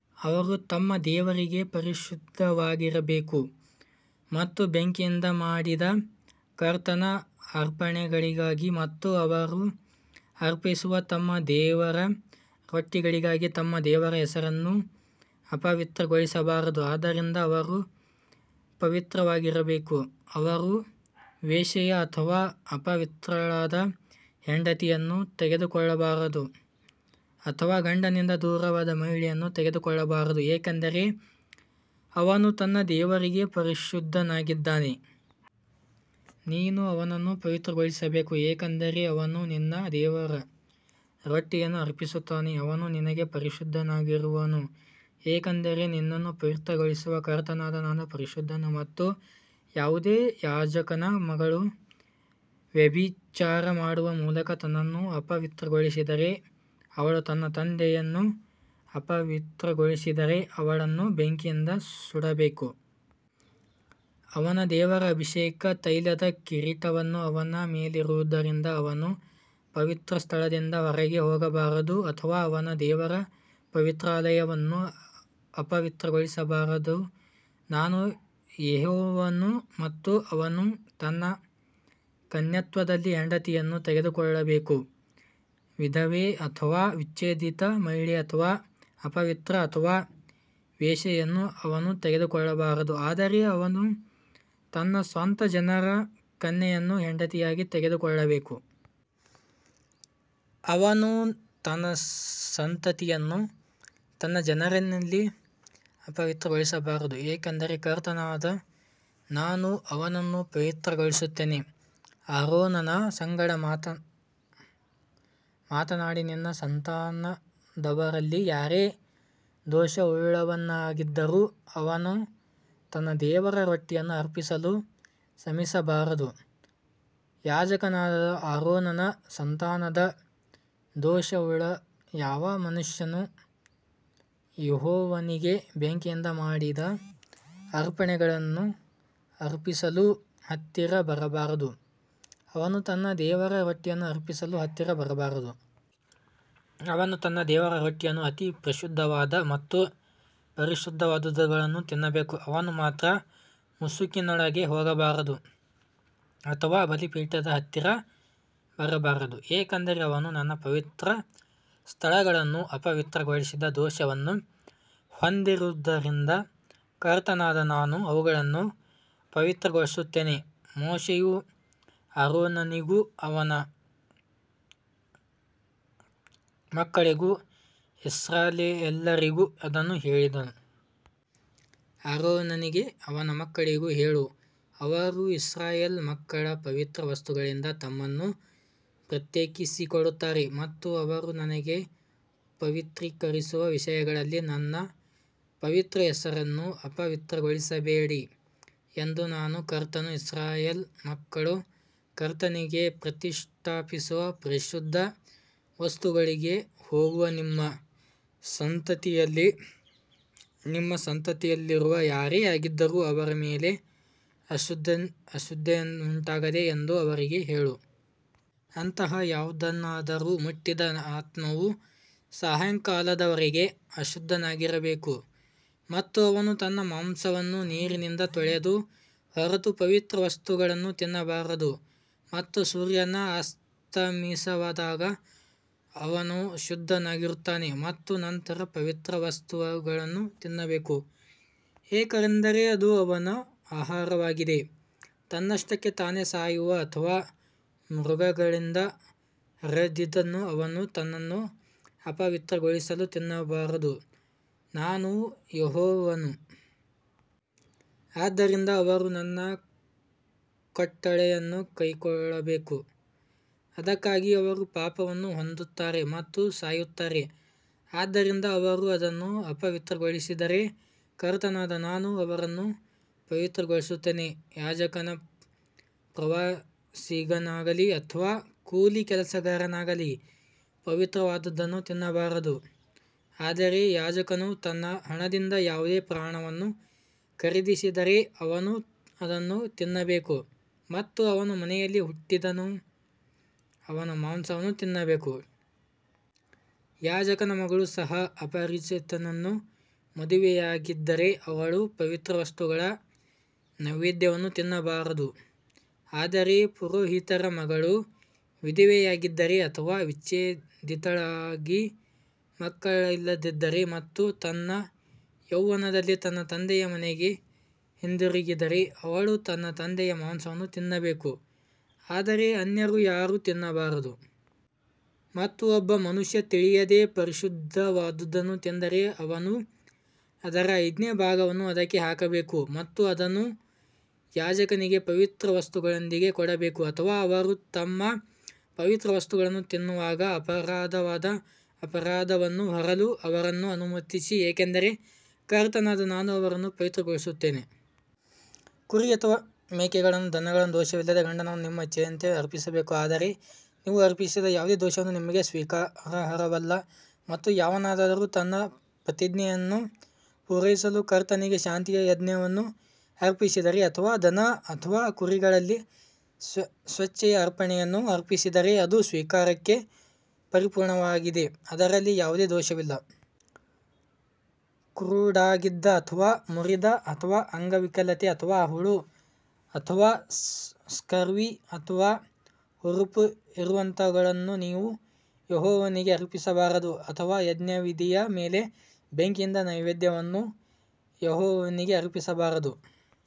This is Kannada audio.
ಅವರು ತಮ್ಮ ದೇವರಿಗೆ ಪರಿಶುದ್ಧರಾಗಿರಬೇಕು ಮತ್ತು ಬೆಂಕಿಯಿಂದ ಮಾಡಿದ ಕರ್ತನ ಅರ್ಪಣೆಗಳಿಗಾಗಿ ಮತ್ತು ಅವರು ಅರ್ಪಿಸುವ ತಮ್ಮ ದೇವರ ರೊಟ್ಟಿಗಳಿಗಾಗಿ ತಮ್ಮ ದೇವರ ಹೆಸರನ್ನು ಅಪವಿತ್ರಗೊಳಿಸಬಾರದು ಆದ್ದರಿಂದ ಅವರು ಪವಿತ್ರರಾಗಿರಬೇಕು. ಅವರು ವೇಶ್ಯೆಯ ಅಥವಾ ಅಪವಿತ್ರಳಾದ ಹೆಂಡತಿಯನ್ನು ತೆಗೆದುಕೊಳ್ಳಬಾರದು ಅಥವಾ ಗಂಡನಿಂದ ದೂರವಾದ ಮಹಿಳೆಯನ್ನು ತೆಗೆದುಕೊಳ್ಳಬಾರದು ಏಕೆಂದರೆ ಅವನು ತನ್ನ ದೇವರಿಗೆ ಪರಿಶುದ್ಧನಾಗಿದ್ದಾನೆ. ನೀನು ಅವನನ್ನು ಪವಿತ್ರಗೊಳಿಸಬೇಕು ಏಕೆಂದರೆ ಅವನು ನಿನ್ನ ದೇವರ ರೊಟ್ಟಿಯನ್ನು ಅರ್ಪಿಸುತ್ತಾನೆ ಅವನು ನಿನಗೆ ಪರಿಶುದ್ಧನಾಗಿರುವನು ಏಕೆಂದರೆ ನಿನ್ನನ್ನು ಪವಿತ್ರಗೊಳಿಸುವ ಕರ್ತನಾದ ನಾನು ಪರಿಶುದ್ಧನು. ಮತ್ತು ಯಾವುದೇ ಯಾಜಕನ ಮಗಳು ವ್ಯಭಿಚಾರ ಮಾಡುವ ಮೂಲಕ ತನ್ನನ್ನು ಅಪವಿತ್ರಗೊಳಿಸಿದರೆ ಅವಳು ತನ್ನ ತಂದೆಯನ್ನು ಅಪವಿತ್ರಗೊಳಿಸಿದರೆ ಅವಳನ್ನು ಬೆಂಕಿಯಿಂದ ಸುಡಬೇಕು. ಅವನ ದೇವರ ಅಭಿಷೇಕ ತೈಲದ ಕಿರೀಟವು ಅವನ ಮೇಲಿರುವುದರಿಂದ ಅವನು ಪವಿತ್ರಸ್ಥಳದಿಂದ ಹೊರಗೆ ಹೋಗಬಾರದು ಅಥವಾ ಅವನ ದೇವರ ಪವಿತ್ರಾಲಯವನ್ನು ಅಪವಿತ್ರಗೊಳಿಸಬಾರದು ನಾನು ಯೆಹೋವನು. ಮತ್ತು ಅವನು ತನ್ನ ಕನ್ಯತ್ವದಲ್ಲಿ ಹೆಂಡತಿಯನ್ನು ತೆಗೆದುಕೊಳ್ಳಬೇಕು. ವಿಧವೆ ಅಥವಾ ವಿಚ್ಛೇದಿತ ಮಹಿಳೆ ಅಥವಾ ಅಪವಿತ್ರ ಅಥವಾ ವೇಶ್ಯೆಯನ್ನು ಅವನು ತೆಗೆದುಕೊಳ್ಳಬಾರದು ಆದರೆ ಅವನು ತನ್ನ ಸ್ವಂತ ಜನರ ಕನ್ಯೆಯನ್ನು ಹೆಂಡತಿಯಾಗಿ ತೆಗೆದುಕೊಳ್ಳಬೇಕು. ಅವನು ತನ್ನ ಸಂತತಿಯನ್ನು ತನ್ನ ಜನರಲ್ಲಿ ಅಪವಿತ್ರಗೊಳಿಸಬಾರದು ಏಕೆಂದರೆ ಕರ್ತನಾದ ನಾನು ಅವನನ್ನು ಪವಿತ್ರಗೊಳಿಸುತ್ತೇನೆ. ಆರೋನನ ಸಂಗಡ ಮಾತನಾಡಿ ನಿನ್ನ ಸಂತಾನದವರಲ್ಲಿ ಯಾರೇ ದೋಷವುಳ್ಳವನಾಗಿದ್ದರೂ ಅವನು ತನ್ನ ದೇವರ ರೊಟ್ಟಿಯನ್ನು ಅರ್ಪಿಸಲು ಸಮೀಪಿಸಬಾರದು. ಯಾಜಕನಾದ ಆರೋನನ ಸಂತಾನದ ದೋಷವುಳ್ಳ ಯಾವ ಮನುಷ್ಯನೂ ಯೆಹೋವನಿಗೆ ಬೆಂಕಿಯಿಂದ ಮಾಡಿದ ಅರ್ಪಣೆಗಳನ್ನು ಅರ್ಪಿಸಲು ಹತ್ತಿರಕ್ಕೆ ಬರಬಾರದು ಅವನು ತನ್ನ ದೇವರ ರೊಟ್ಟಿಯನ್ನು ಅರ್ಪಿಸಲು ಹತ್ತಿರ ಬರಬಾರದು. ಅವನು ತನ್ನ ದೇವರ ರೊಟ್ಟಿಯನ್ನು ಅತಿ ಪರಿಶುದ್ಧವಾದ ಮತ್ತು ಪರಿಶುದ್ಧವಾದವುಗಳನ್ನು ತಿನ್ನಬೇಕು ಅವನು ಮಾತ್ರ ಮುಸುಕಿನೊಳಗೆ ಹೋಗಬಾರದು ಅಥವಾ ಬಲಿಪೀಠದ ಹತ್ತಿರ ಬರಬಾರದು ಏಕೆಂದರೆ ಅವನು ನನ್ನ ಪವಿತ್ರ ಸ್ಥಳಗಳನ್ನು ಅಪವಿತ್ರಗೊಳಿಸದ ದೋಷವನ್ನು ಹೊಂದಿರುವುದರಿಂದ ಕರ್ತನಾದ ನಾನು ಅವುಗಳನ್ನು ಪವಿತ್ರಗೊಳಿಸುತ್ತೇನೆ. ಮೋಶೆಯು ಆರೋನನಿಗೂ ಅವನ ಮಕ್ಕಳಿಗೂ ಇಸ್ರಾಯೇಲ್ಯರೆಲ್ಲರಿಗೂ ಅದನ್ನು ಹೇಳಿದನು. ಆರೋನನಿಗೂ ಅವನ ಮಕ್ಕಳಿಗೂ ಹೇಳು ಅವರು ಇಸ್ರಾಯೇಲ್ ಮಕ್ಕಳ ಪವಿತ್ರ ವಸ್ತುಗಳಿಂದ ತಮ್ಮನ್ನು ಪ್ರತ್ಯೇಕಿಸಿಕೊಳ್ಳುತ್ತಾರೆ ಮತ್ತು ಅವರು ನನಗೆ ಪವಿತ್ರೀಕರಿಸುವ ವಿಷಯಗಳಲ್ಲಿ ನನ್ನ ಪವಿತ್ರ ಹೆಸರನ್ನು ಅಪವಿತ್ರಗೊಳಿಸಬೇಡಿ ಎಂದು ನಾನು ಕರ್ತನು. ಇಸ್ರಾಯೇಲ್ ಮಕ್ಕಳು ಕರ್ತನಿಗೆ ಪ್ರತಿಷ್ಠಾಪಿಸುವ ಪರಿಶುದ್ಧ ವಸ್ತುಗಳಿಗೆ ಹೋಗುವ ನಿಮ್ಮ ಸಂತತಿಯಲ್ಲಿ ನಿಮ್ಮ ಸಂತತಿಯವರಲ್ಲಿ ಯಾರೇ ಆಗಿದ್ದರೂ ಅವರ ಮೇಲೆ ಅಶುದ್ಧತೆಯುಂಟಾಗಿದೆ ಎಂದು ಅವರಿಗೆ ಹೇಳು. ಅಂತಹ ಯಾವುದನ್ನಾದರೂ ಮುಟ್ಟಿದ ಆತ್ಮವು ಸಾಯಂಕಾಲದವರೆಗೆ ಅಶುದ್ಧನಾಗಿರಬೇಕು ಮತ್ತು ಅವನು ತನ್ನ ಮಾಂಸವನ್ನು ನೀರಿನಿಂದ ತೊಳೆಯದ ಹೊರತು ಪವಿತ್ರ ವಸ್ತುಗಳನ್ನು ತಿನ್ನಬಾರದು. ಮತ್ತು ಸೂರ್ಯನು ಅಸ್ತಮಿಸಿದಾಗ ಅವನು ಶುದ್ಧನಾಗಿರುತ್ತಾನೆ ಮತ್ತು ನಂತರ ಪವಿತ್ರ ವಸ್ತುಗಳನ್ನು ತಿನ್ನಬೇಕು ಏಕೆಂದರೆ ಅದು ಅವನ ಆಹಾರವಾಗಿದೆ. ತನ್ನಷ್ಟಕ್ಕೆ ತಾನೇ ಸಾಯುವ ಅಥವಾ ಮೃಗಗಳಿಂದ ಹರಿದದ್ದನ್ನು ಅವನು ತನ್ನನ್ನು ಅಪವಿತ್ರಗೊಳಿಸಲು ತಿನ್ನಬಾರದು ನಾನು ಯೆಹೋವನು. ಆದದರಿಂದ ಅವರು ನನ್ನ ಕಟ್ಟಳೆಯನ್ನು ಕೈಕೊಳ್ಳಬೇಕು ಅದಕ್ಕಾಗಿ ಅವರು ಪಾಪವನ್ನು ಹೊಂದುತ್ತಾರೆ ಮತ್ತು ಸಾಯುತ್ತಾರೆ ಆದ್ದರಿಂದ ಅವರು ಅದನ್ನು ಅಪವಿತ್ರಗೊಳಿಸಿದರೆ ಕರ್ತನಾದ ನಾನು ಅವರನ್ನು ಪವಿತ್ರಗೊಳಿಸುತ್ತೇನೆ. ಯಾಜಕನ ಪ್ರವಾಸಿಗನಾಗಲಿ ಅಥವಾ ಕೂಲಿ ಕೆಲಸಗಾರನಾಗಲಿ ಪವಿತ್ರವಾದದ್ದನ್ನು ತಿನ್ನಬಾರದು. ಆದರೆ ಯಾಜಕನು ತನ್ನ ಹಣದಿಂದ ಯಾವುದೇ ಪ್ರಾಣವನ್ನು ಖರೀದಿಸಿದರೆ ಅವನು ಅದನ್ನು ತಿನ್ನಬೇಕು ಮತ್ತು ಅವನ ಮನೆಯಲ್ಲಿ ಹುಟ್ಟಿದವನು ಅವನ ಮಾಂಸವನ್ನು ತಿನ್ನಬೇಕು. ಯಾಜಕನ ಮಗಳು ಸಹ ಅಪರಿಚಿತನನ್ನು ಮದುವೆಯಾಗಿದ್ದರೆ ಅವಳು ಪವಿತ್ರ ವಸ್ತುಗಳ ನೈವೇದ್ಯವನ್ನು ತಿನ್ನಬಾರದು. ಆದರೆ ಪುರೋಹಿತರ ಮಗಳು ವಿಧವೆಯಾಗಿದ್ದರೆ ಅಥವಾ ವಿಚ್ಛೇದಿತಳಾಗಿ ಮಕ್ಕಳಿಲ್ಲದಿದ್ದರೆ ಮತ್ತು ತನ್ನ ಯೌವನದಲ್ಲಿ ತನ್ನ ತಂದೆಯ ಮನೆಗೆ ಹಿಂದಿರುಗಿದರೆ ಅವಳು ತನ್ನ ತಂದೆಯ ಮಾಂಸವನ್ನು ತಿನ್ನಬೇಕು ಆದರೆ ಅನ್ಯರು ಯಾರೂ ತಿನ್ನಬಾರದು. ಮತ್ತು ಒಬ್ಬ ಮನುಷ್ಯನು ತಿಳಿಯದೆ ಪರಿಶುದ್ಧವಾದುದನ್ನು ತಿಂದರೆ ಅವನು ಅದರ ಐದನೇ ಭಾಗವನ್ನು ಅದಕ್ಕೆ ಹಾಕಬೇಕು ಮತ್ತು ಅದನ್ನು ಯಾಜಕನಿಗೆ ಪವಿತ್ರ ವಸ್ತುಗಳೊಂದಿಗೆ ಕೊಡಬೇಕು. ಅಥವಾ ಅವರು ತಮ್ಮ ಪವಿತ್ರ ವಸ್ತುಗಳನ್ನು ತಿನ್ನುವಾಗ ಅಪರಾಧದ ಅಪರಾಧವನ್ನು ಹೊರಲು ಅವರನ್ನು ಅನುಮತಿಸಿ ಏಕೆಂದರೆ ಕರ್ತನಾದ ನಾನು ಅವರನ್ನು ಪವಿತ್ರಗೊಳಿಸುತ್ತೇನೆ. ಕುರಿ ಅಥವಾ ಮೇಕೆಗಳ ದನಗಳ ದೋಷವಿಲ್ಲದ ಗಂಡನ್ನು ನಿಮ್ಮ ಇಚ್ಛೆಯಂತೆ ಅರ್ಪಿಸಬೇಕು. ಆದರೆ ನೀವು ಅರ್ಪಿಸದ ಯಾವುದೇ ದೋಷವು ನಿಮಗೆ ಸ್ವೀಕಾರಾರ್ಹವಲ್ಲ ಮತ್ತು ಯಾವನಾದರೂ ತನ್ನ ಪ್ರತಿಜ್ಞೆಯನ್ನು ಪೂರೈಸಲು ಕರ್ತನಿಗೆ ಶಾಂತಿಯ ಯಜ್ಞವನ್ನು ಅರ್ಪಿಸಿದರೆ ಅಥವಾ ದನ ಅಥವಾ ಕುರಿಗಳಲ್ಲಿ ಸ್ವೇಚ್ಛೆಯ ಅರ್ಪಣೆಯನ್ನು ಅರ್ಪಿಸಿದರೆ ಅದು ಸ್ವೀಕಾರಕ್ಕೆ ಪರಿಪೂರ್ಣವಾಗಿದೆ ಅದರಲ್ಲಿ ಯಾವುದೇ ದೋಷವಿಲ್ಲ. ಕುರುಡಾಗಿದ್ದ ಅಥವಾ ಮುರಿದ ಅಥವಾ ಅಂಗವಿಕಲತೆ ಅಥವಾ ಹುಳು ಅಥವಾ ಸ್ಕರ್ವಿ ಅಥವಾ ಹುರುಪು ಇರುವಂತಹವುಗಳನ್ನು ನೀವು ಯೆಹೋವನಿಗೆ ಅರ್ಪಿಸಬಾರದು ಅಥವಾ ಯಜ್ಞವೇದಿಯ ಮೇಲೆ ಬೆಂಕಿಯಿಂದ ನೈವೇದ್ಯವನ್ನು ಯೆಹೋವನಿಗೆ ಅರ್ಪಿಸಬಾರದು.